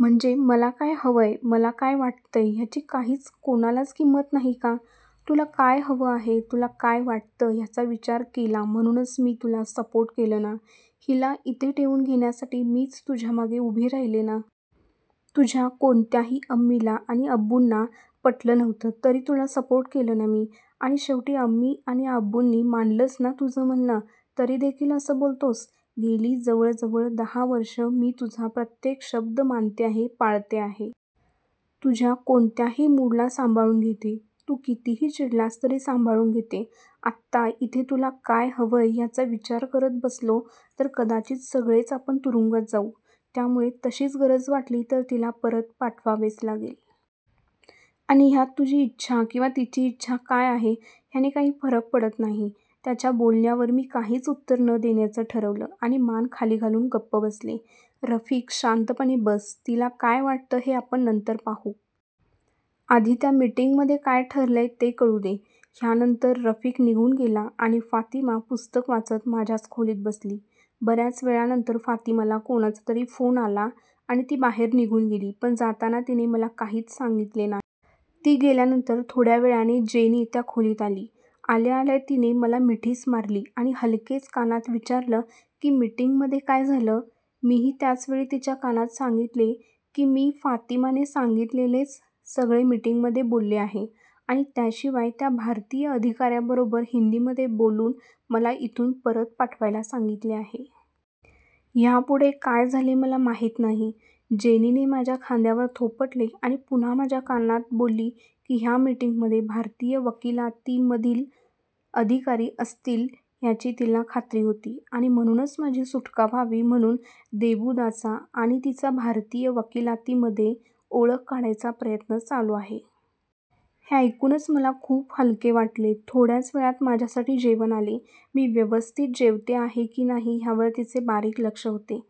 म्हणजे मला काय हवंय मला काय वाटतंय ह्याची काहीच कोणालाच किंमत नाही का? तुला काय हवं आहे तुला काय वाटतं ह्याचा विचार केला म्हणूनच मी तुला सपोर्ट केलं ना? हिला इथे ठेवून घेण्यासाठी मीच तुझ्यामागे उभी राहिले ना? तुझ्या कोणत्याही अम्मीला आणि अब्बूंना पटलं नव्हतं तरी तुला सपोर्ट केलं ना मी. आणि शेवटी अम्मी आणि अब्बूंनी मानलंच ना तुझं म्हणणं. तरीदेखील असं बोलतोस? गेली जवळ जवळ दहा वर्षं मी तुझा प्रत्येक शब्द मानते आहे पाळते आहे. तुझ्या कोणत्याही मूडला सांभाळून घेते. तू कितीही चिडलास तरी सांभाळून घेते. आत्ता इथे तुला काय हवंय ह्याचा विचार करत बसलो तर कदाचित सगळेच आपण तुरुंगात जाऊ. त्यामुळे तशीच गरज वाटली तर तिला परत पाठवावेच लागेल. आणि ह्यात तुझी इच्छा किंवा तिची इच्छा काय आहे ह्याने काही फरक पडत नाही. त्याच्या बोलण्यावर मी काहीच उत्तर न देण्याचं ठरवलं आणि मान खाली घालून गप्प बसले. रफिक शांतपणे बस. तिला काय वाटतं हे आपण नंतर पाहू. आधी त्या मिटिंगमधे काय ठरलंय ते कळू दे. ह्यानंतर रफिक निघून गेला आणि फातिमा पुस्तक वाचत माझ्याच खोलीत बसली. बऱ्याच वेळानंतर फातिमाला कोणाचा तरी फोन आला आणि ती बाहेर निघून गेली. पण जाताना तिने मला काहीच सांगितले नाही. ती गेल्यानंतर थोड्या वेळाने जेनी त्या खोलीत आली. आल्या आल्या तिने मला मिठीच मारली. आणि हलकेच कानात विचारलं की मिटिंगमध्ये काय झालं? मीही त्याच वेळी तिच्या कानात सांगितले की मी फातिमाने सांगितलेलेच सगळे मिटिंगमध्ये बोलले आहे आणि त्याशिवाय त्या भारतीय अधिकाऱ्याबरोबर हिंदीमध्ये बोलून मला इथून परत पाठवायला सांगितले आहे. ह्यापुढे काय झाले मला माहीत नाही. जेनीने माझ्या खांद्यावर थोपटले आणि पुन्हा माझ्या कानात बोलली की ह्या मिटिंगमध्ये भारतीय वकिलातीमधील अधिकारी असतील ह्याची तिला खात्री होती आणि म्हणूनच माझी सुटका व्हावी म्हणून देबूदाचा आणि तिचा भारतीय वकिलातीमध्ये ओळख काढायचा प्रयत्न चालू आहे. हे ऐकूनच मला खूप हलके वाटले. थोड्याच वेळात माझ्यासाठी जेवण आले. मी व्यवस्थित जेवते आहे की नाही ह्यावर तिचे बारीक लक्ष होते.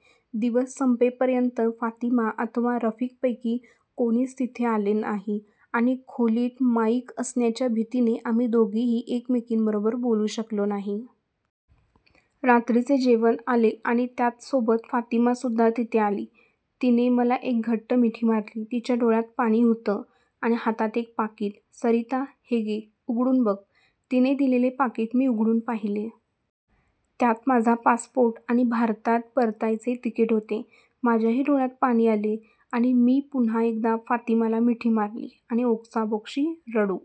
दिवस संपेपर्यंत फातिमा अथवा रफिकपैकी कोणीच तिथे आले नाही. आणि खोलीत माईक असण्याच्या भीतीने आम्ही दोघीही एकमेकींबरोबर बोलू शकलो नाही. रात्रीचे जेवण आले आणि त्याचसोबत फातिमासुद्धा तिथे आली. तिने मला एक घट्ट मिठी मारली. तिच्या डोळ्यात पाणी होतं. आणि हातात एक पाकीट. सरीता, हे घे. उघडून बघ. तिने दिलेले पाकीट मी उघडून पाहिले. त्यात माझा पासपोर्ट आणि भारतात परतायचे तिकीट होते. माझ्याही डोळ्यात पाणी आले आणि मी पुन्हा एकदा फातिमाला मिठी मारली आणि ओक्साबोक्शी रडू